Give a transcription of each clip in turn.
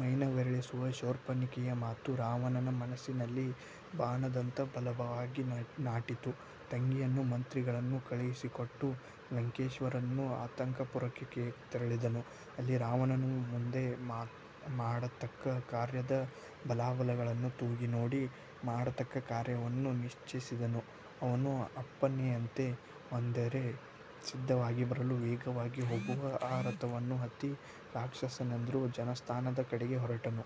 ಮೈನವಿರೇಳಿಸುವ ಶೂರ್ಪನಖಿಯ ಮಾತು ರಾವಣನ ಮನಸ್ಸಿನಲ್ಲಿ ಬಾಣದಂತ ಬಲವಾಗಿ ನಾಟಿತು. ತಂಗಿಯನ್ನೂ ಮಂತ್ರಿಗಳನ್ನೂ ಕಳುಹಿಸಿಕೊಟ್ಟು ಲಂಕೇಶ್ವರನು ಅಂತಃಪುರಕ್ಕೆ ತೆರಳಿದನು. ಅಲ್ಲಿ ರಾವಣನು ಮುಂದೆ ಮಾಡತಕ್ಕ ಕಾರ್ಯದ ಬಲಾಬಲಗಳನ್ನು ತೂಗಿ ನೋಡಿ, ಮಾಡತಕ್ಕ ಕಾರ್ಯವನ್ನು ನಿಶ್ಚೈಸಿದನು. ಅವನ ಅಪ್ಪಣೆಯಂತೆ ಹೊಂದೇರು ಸಿದ್ಧವಾಗಿ ಬರಲು, ವೇಗವಾಗಿ ಹೋಗುವ ಆ ರಥವನ್ನು ಹತ್ತಿ ರಾಕ್ಷಸೇಂದ್ರನು ಜನಸ್ಥಾನದ ಕಡೆಗೆ ಹೊರಟನು.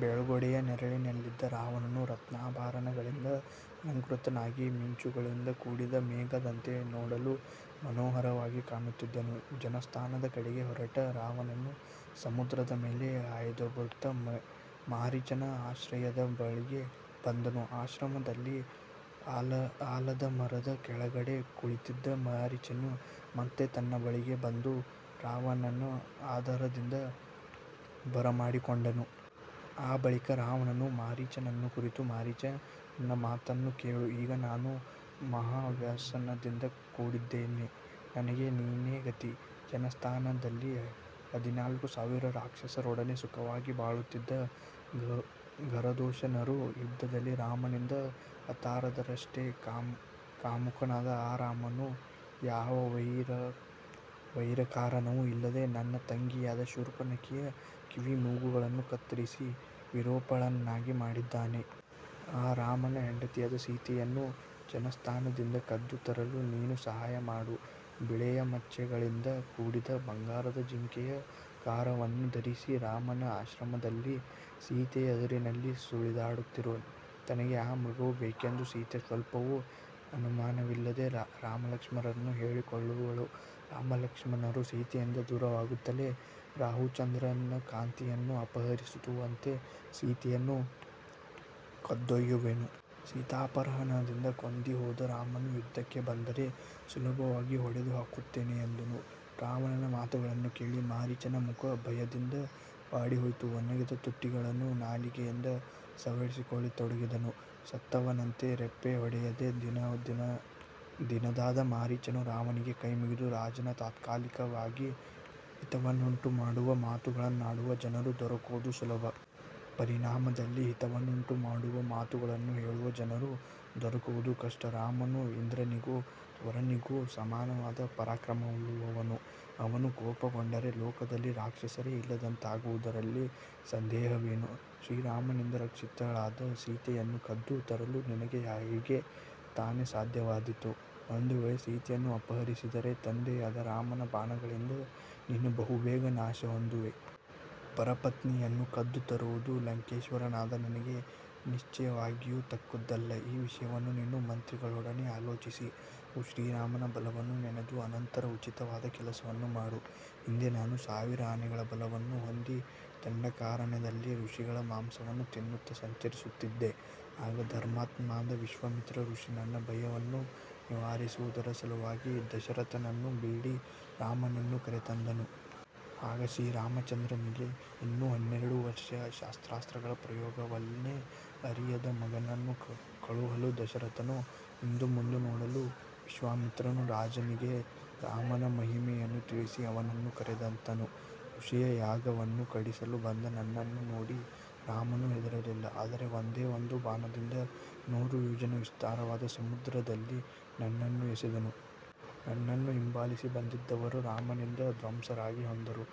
ಬೆಳ್ಗೊಡೆಯ ನೆರಳಿನಲ್ಲಿದ್ದ ರಾವಣನು ರತ್ನಾಭರಣಗಳಿಂದ ಅಲಂಕೃತನಾಗಿ, ಮಿಂಚುಗಳಿಂದ ಕೂಡಿದ ಮೇಘದಂತೆ ನೋಡಲು ಮನೋಹರವಾಗಿ ಕಾಣುತ್ತಿದ್ದನು. ಜನಸ್ಥಾನದ ಕಡೆಗೆ ಹೊರಟ ರಾವಣನು ಸಮುದ್ರದ ಮೇಲೆ ಹಾಯ್ದುಬರುತ್ತ, ಮಾರೀಚನ ಆಶ್ರಮದ ಬಳಿಗೆ ಬಂದನು. ಆಶ್ರಮದಲ್ಲಿ ಆಲದಮರದ ಕೆಳಗಡೆ ಕುಳಿತಿದ್ದ ಮಾರೀಚನು, ಮತ್ತೆ ತನ್ನ ಬಳಿಗೆ ಬಂದ ರಾವಣನ್ನು ಆದರದಿಂದ ಬರಮಾಡಿಕೊಂಡನು. ಆ ಬಳಿಕ ರಾವಣನು ಮಾರೀಚನನ್ನು ಕುರಿತು, ಮಾರೀಚ, ನನ್ನ ಮಾತನ್ನು ಕೇಳು. ಈಗ ನಾನು ಮಹಾ ವ್ಯಸನದಿಂದ ಕೂಡಿದ್ದೇನೆ. ನನಗೆ ನೀನೇ ಗತಿ. ಜನಸ್ಥಾನದಲ್ಲಿ ಹದಿನಾಲ್ಕು ಸಾವಿರ ರಾಕ್ಷಸರೊಡನೆ ಸುಖವಾಗಿ ಬಾಳುತ್ತಿದ್ದ ಖರದೂಷಣರು ಯುದ್ಧದಲ್ಲಿ ರಾಮನಿಂದ ಹತರಾದರಷ್ಟೆ. ಕಾಮುಕನಾದ ಆ ರಾಮನು ಯಾವ ವೈರಕಾರಣವೂ ಇಲ್ಲದೆ ನನ್ನ ತಂಗಿಯಾದ ಶೂರ್ಪನಖಿಯ ಕಿವಿಮೂಗುಗಳನ್ನು ಕತ್ತರಿಸಿ ವಿರೂಪಳನ್ನಾಗಿ ಮಾಡಿದ್ದಾನೆ. ಆ ರಾಮನ ಹೆಂಡತಿಯಾದ ಸೀತೆಯನ್ನು ಜನಸ್ಥಾನದಿಂದ ಕದ್ದು ತರಲು ನೀನು ಸಹಾಯ ಮಾಡು. ಬಿಳಿಯಮಚ್ಚೆಗಳಿಂದ ಕೂಡಿದ ಬಂಗಾರದ ಜಿಂಕೆಯ ಆಕಾರವನನು ಧರಿಸಿ ರಾಮನ ಆಶ್ರಮದಲ್ಲಿ ಸೀತೆಯ ಎದುರಿನಲ್ಲಿ ಸುಳಿದಾಡುತ್ತಿರು. ತನಗೆ ಆ ಮೃಗವು ಬೇಕೆಂದು ಸೀತೆ ಸ್ವಲ್ಪವೂ ಅನುಮಾನವಿಲ್ಲದೆ ರಾಮಲಕ್ಷ್ಮಣರನ್ನು ಕೇಳಿಕೊಳ್ಳುವಳು. ರಾಮಲಕ್ಷ್ಮಣರು ಸೀತೆಯಿಂದ ದೂರವಾಗುತ್ತಲೆ, ರಾಹು ಚಂದ್ರನ ಕಾಂತಿಯನ್ನು ಅಪಹರಿಸುವಂತೆ, ಸೀತೆಯನ್ನು ಕದ್ದೊಯ್ಯುವೆನು. ಸೀತಾಪಹರಣದಿಂದ ಕುಂದಿಹೋದ ರಾಮನು ಯುದ್ಧಕ್ಕೆ ಬಂದರೆ ಸುಲಭವಾಗಿ ಹೊಡೆದು ಹಾಕುತ್ತೇನೆ ಎಂದನು. ರಾವಣನ ಮಾತುಗಳನ್ನು ಕೇಳಿ ಮಾರೀಚನ ಮುಖ ಭಯದಿಂದ ಬಾಡಿಹೋಯಿತು. ಒಣಗಿದ ತುಟಿಗಳನ್ನು ನಾಲಗೆಯಿಂದ ಸವರಿಕೊಳ್ಳತೊಡಗಿದನು. ಸತ್ತವನಂತೆ ರೆಪ್ಪೆ ಹೊಡೆಯದೆ ದೀನನಾದ ಮಾರೀಚನು ರಾವಣನಿಗೆ ಕೈಮುಗಿದು, ರಾಜನ್, ತಾತ್ಕಾಲಿಕವಾಗಿ ಹಿತವನ್ನುಂಟುಮಾಡುವ ಮಾತುಗಳನ್ನಾಡುವ ಜನರು ದೊರಕುವುದು ಸುಲಭ. ಪರಿಣಾಮದಲ್ಲಿ ಹಿತವನ್ನುಂಟುಮಾಡುವ ಮಾತುಗಳನ್ನು ಹೇಳುವ ಜನರು ದೊರಕುವುದು ಕಷ್ಟ. ರಾಮನು ಇಂದ್ರನಿಗೂ ವರುಣನಿಗೂ ಸಮಾನವಾದ ಪರಾಕ್ರಮವುಳ್ಳವನು. ಅವನು ಕೋಪಗೊಂಡರೆ ಲೋಕದಲ್ಲಿ ರಾಕ್ಷಸರೆ ಇಲ್ಲದಂತಾಗುವುದರಲ್ಲಿ ಸಂದೇಹವೇನು? ಶ್ರೀರಾಮನಿಂದ ರಕ್ಷಿತಳಾದ ಸೀತೆಯನ್ನು ಕದ್ದು ತರಲು ನಿನಗೆ ಹೇಗೆ ತಾನೆ ಸಾಧ್ಯವಾದೀತು? ಒಂದುವೇಳೆ ಸೀತೆಯನ್ನು ಅಪಹರಿಸಿದರೆ ತಂದೆಯಾದ ರಾಮನ ಬಾಣಗಳಿಂದ ನೀನು ಬಹುಬೇಗ ನಾಶಹೊಂದುವೆ. ಪರಪತ್ನಿಯನ್ನು ಕದ್ದು ತರುವುದು ಲಂಕೇಶ್ವರನಾದ ನಿನಗೆ ನಿಶ್ಚಯವಾಗಿಯೂ ತಕ್ಕುದಲ್ಲ. ಈ ವಿಷಯವನ್ನು ನೀನು ಮಂತ್ರಿಗಳೊಡನೆ ಆಲೋಚಿಸಿ, ಹಾಗೂ ಶ್ರೀರಾಮನ ಬಲವನ್ನು ನೆನೆದು ಅನಂತರ ಉಚಿತವಾದ ಕೆಲಸವನ್ನು ಮಾಡು. ಹಿಂದೆ ನಾನು ಸಾವಿರ ಆನೆಗಳ ಬಲವನ್ನು ಹೊಂದಿ ದಂಡಕಾರಣ್ಯದಲ್ಲಿ ಋಷಿಗಳ ಮಾಂಸವನ್ನು ತಿನ್ನುತ್ತ ಸಂಚರಿಸುತ್ತಿದ್ದೆ. ಆಗ ಧರ್ಮಾತ್ಮನಾದ ವಿಶ್ವಾಮಿತ್ರ ಋಷಿ ನನ್ನ ಭಯವನ್ನು ನಿವಾರಿಸುವುದರ ಸಲುವಾಗಿ, ದಶರಥನನ್ನು ಬೇಡಿ ರಾಮನನ್ನು ಕರೆತಂದನು. ಆಗ ಶ್ರೀರಾಮಚಂದ್ರನಿಗೆ ಇನ್ನೂ ಹನ್ನೆರಡು ವರ್ಷ. ಶಸ್ತ್ರಾಸ್ತ್ರಗಳ ಪ್ರಯೋಗವನ್ನೇ ಅರಿಯದ ಮಗನನ್ನು ಕಳುಹಲು ದಶರಥನು ಹಿಂದುಮುಂದು ನೋಡಲು, ವಿಶ್ವಾಮಿತ್ರನು ರಾಜನಿಗೆ ರಾಮನ ಮಹಿಮೆಯನ್ನು ತಿಳಿಸಿ ಅವನನ್ನು ಕರೆತಂದನು. ಋಷಿಯ ಯಾಗವನ್ನು ಕೆಡಿಸಲು ಬಂದ ನನ್ನನ್ನು ನೋಡಿ ರಾಮನು ಹೆದರಲಿಲ್ಲ. ಆದರೆ ಒಂದೇ ಒಂದು ಬಾಣದಿಂದ ನೂರು ಯೋಜನ ವಿಸ್ತಾರವಾದ ಸಮುದ್ರದಲ್ಲಿ ನನ್ನನ್ನು ಎಸೆದನು. ನನ್ನನ್ನು ಹಿಂಬಾಲಿಸಿ ಬಂದಿದ್ದವರು ರಾಮನಿಂದ ಧ್ವಂಸರಾಗಿ ಹೋದರು.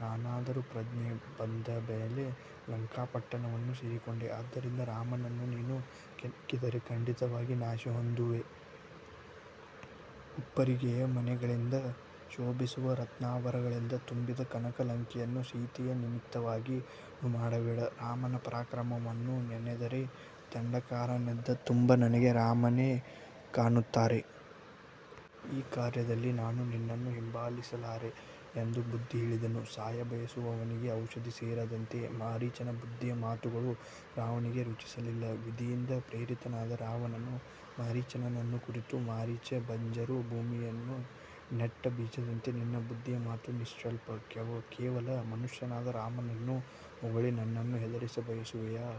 ನಾನಾದರೂ ಪ್ರಜ್ಞೆ ಬಂದಮೇಲೆ ಲಂಕಾಪಟ್ಟಣವನ್ನು ಸೇರಿಕೊಂಡೆ. ಆದ್ದರಿಂದ ರಾಮನನ್ನು ನೀನು ಕೆಣಕಿದರೆ ಖಂಡಿತವಾಗಿ ನಾಶಹೊಂದುವೆ. ಉಪ್ಪರಿಗೆಯ ಮನೆಗಳಿಂದ ಶೋಭಿಸುವ ರತ್ನಾಭರಣಗಳಿಂದ ತುಂಬಿದ ಕನಕ ಲಂಕೆಯನ್ನು ಸೀತೆಯ ನಿಮಿತ್ತವಾಗಿ ಹಾಳುಮಾಡಬೇಡ. ರಾಮನ ಪರಾಕ್ರಮವನ್ನು ನೆನೆದರೆ ದಂಡಕಾರಣ್ಯದ ತುಂಬ ನನಗೆ ರಾಮರೇ ಕಾಣುತ್ತಾರೆ. ಈ ಕಾರ್ಯದಲ್ಲಿ ನಾನು ನಿನ್ನನ್ನು ಹಿಂಬಾಲಿಸಲಾರೆ ಎಂದು ಬುದ್ಧಿ ಹೇಳಿದನು. ಸಾಯ ಬಯಸುವವನಿಗೆ ಔಷಧಿ ಸೇರದಂತೆ, ಮಾರೀಚನ ಬುದ್ಧಿಯ ಮಾತುಗಳು ರಾವಣನಿಗೆ ರುಚಿಸಲಿಲ್ಲ. ವಿಧಿಯಿಂದ ಪ್ರೇರಿತನಾದ ರಾವಣನು ಮಾರೀಚನನ್ನು ಕುರಿತು, ಮಾರೀಚ, ಬಂಜರು ಭೂಮಿಯಲ್ಲಿ ನೆಟ್ಟ ಬೀಜದಂತೆ ನಿನ್ನ ಬುದ್ಧಿಯ ಮಾತು ನಿಷ್ಫಲ. ಕೇವಲ ಮನುಷ್ಯನಾದ ರಾಮನನ್ನು ಹೊಗಳಿ ನನ್ನನ್ನು ಹೆದರಿಸಬಯಸುವೆಯಾ?